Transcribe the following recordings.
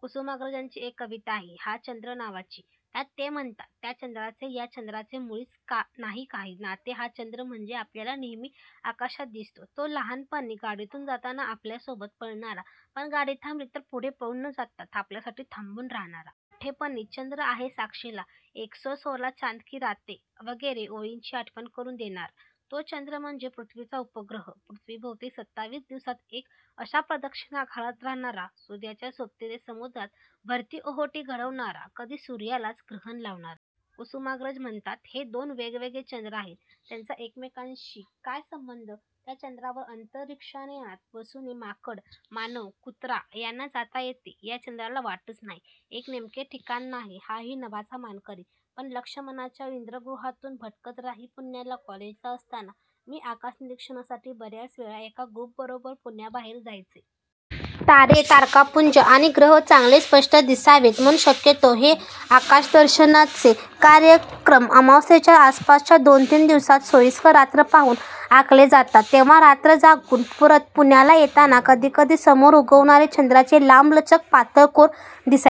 कुसुमाग्रजांची एक कविता आहे, हा चंद्र नावाची. त्यात ते म्हणतात त्या चंद्राचे या चंद्राचे मुळीच नाही काही नाते हा चंद् म्हणजे आपल्याला नेहमी आकाशात दिसतो, तो लहानपणी गाडीतून जाताना आपल्यासोबत पळणारा, पण गाडी थांबली तर पुढे पळून न जाता आपल्यासाठी थांबून राहणारा. मोठेपणी 'चंद्र आहे साक्षीला', ' एकसो सोला चॉंद की रातें' वगैरे ओळींची आठवण करून देणारा. 'तो चंद्र' म्हणजे पृथ्वीचा उपग्रह. पृथ्वीभोवती सत्तावीस दिवसांत एक, अशा प्रदक्षिणा घालत राहणारा, सूर्याच्या सोबतीने समुद्रात भरती-ओहोटी घडवणारा, कधी सूर्यालाच ग्रहण लावणारा. कुसुमाग्रज म्हणतात, हे दोन वेगवेगळे चंद्र आहेत. त्यांचा एकमेकांशी काय संबंध? "त्या चंद्रावर अंतरिक्षयानात बसूनी माकड, मानव, कुत्रा यांना जाता येते या चंद्राला वाटच नाही, एक नेमके ठिकाण नाही हाही नभाचा मानकरी, पण लक्ष मनांच्या इंद्रगुहांतून भटकत राही" पुण्याला कॉलेजला असताना मी आकाशनिरीक्षणासाठी बर्याच वेळा एका ग्रुपबरोबर पुण्याबाहेर जायचे. तारे, तारकापुंज आणि ग्रह चांगले स्पष्ट दिसावेत म्हणून शक्यतो हे आकाशदर्शनाचे कार्यक्रम अमावास्येच्या आसपासच्या दोनतीन दिवसात सोयीस्कर रात्र पाहून आखले जातात. तेव्हा रात्र जागवून परत पुण्याला येताना कधीकधी समोर उगवणारी चंद्राची लांबलचक पातळ कोर दिसायची.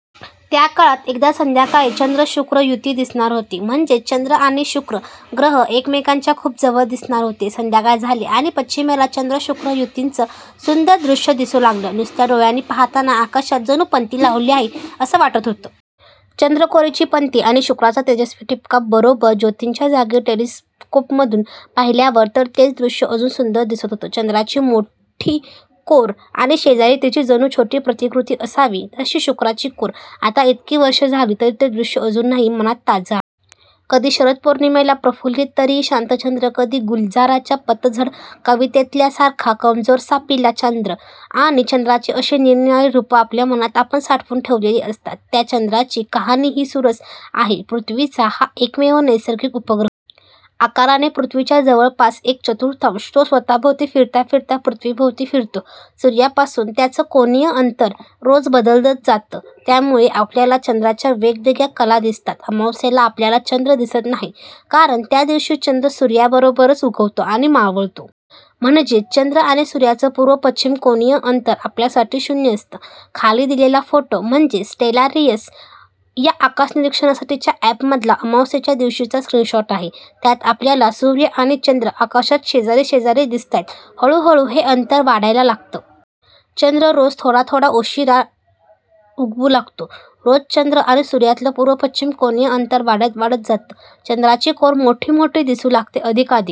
त्या काळात एकदा संध्याकाळी चंद्र-शुक्र युती दिसणार होती, म्हणजेच चंद्र आणि शुक्र ग्रह एकमेकांच्या खूप जवळ दिसणार होते. संध्याकाळ झाली आणि पश्चिमेला चंद्र-शुक्र युतीचं सुंदर दृश्य दिसू लागलं. नुसत्या डोळ्यांनी पाहताना आकाशात जणू पणती लावली आहे असं वाटत होतं. चंद्रकोरीची पणती आणि शुक्राचा तेजस्वी ठिपका बरोबर ज्योतीच्या जागी. टेलिस्कोपमधून पाहिल्यावर तर तेच दृश्य अजून सुंदर दिसत होतं. चंद्राची मोठी कोर आणि शेजारी तिची जणू छोटी प्रतिकृती असावी तशी शुक्राची कोर! आता इतकी वर्षं झाली, तरी ते दृश्य अजूनही मनात ताजं आहे. कधी शरद पौर्णिमेचा प्रफुल्लित, तरीही शांत चंद्र, कधी गुलजारांच्या 'पतझड' कवितेतल्यासारखा 'कमजोर सा पीला चांद', 'या' चंद्राची अशी निरनिराळी रूपं आपल्या मनात आपण साठवून ठेवलेली असतात. 'त्या' चंद्राची कहाणीही सुरस आहे. पृथ्वीचा हा एकमेव नैसर्गिक उपग्रह. आकाराने पृथ्वीच्या जवळपास एक चतुर्थांश. तो स्वतःभोवती फिरता फिरता पृथ्वीभोवती फिरतो. सूर्यापासून त्याचं कोनीय अंतर रोज बदलत जातं, त्यामुळे आपल्याला चंद्राच्या वेगवेगळ्या 'कला' दिसतात. अमावास्येला आपल्याला चंद्र दिसत नाही, कारण त्या दिवशी चंद्र सूर्याबरोबरच उगवतो आणि मावळतो. म्हणजेच, चंद्र आणि सूर्याचं पूर्व-पश्चिम कोनीय अंतर आपल्यासाठी शून्य असतं. खाली दिलेला फोटो म्हणजे स्टेलारियम या आकाशनिरीक्षणासाठीच्या अॅपमधला अमावास्येच्या दिवशीचा स्क्रीनशॉट आहे. त्यात आपल्याला सूर्य आणि चंद्र आकाशात शेजारी शेजारी दिसतायत. हळूहळू हे अंतर वाढायला लागतं. चंद्र रोज थोडा थोडा उशिरा उगवू लागतो.. रोज चंद्र आणि सूर्यातलं पूर्व-पश्चिम कोनीय अंतर वाढत वाढत जातं, चंद्राची कोर मोठी-मोठी दिसू लागते, अधिकाधिक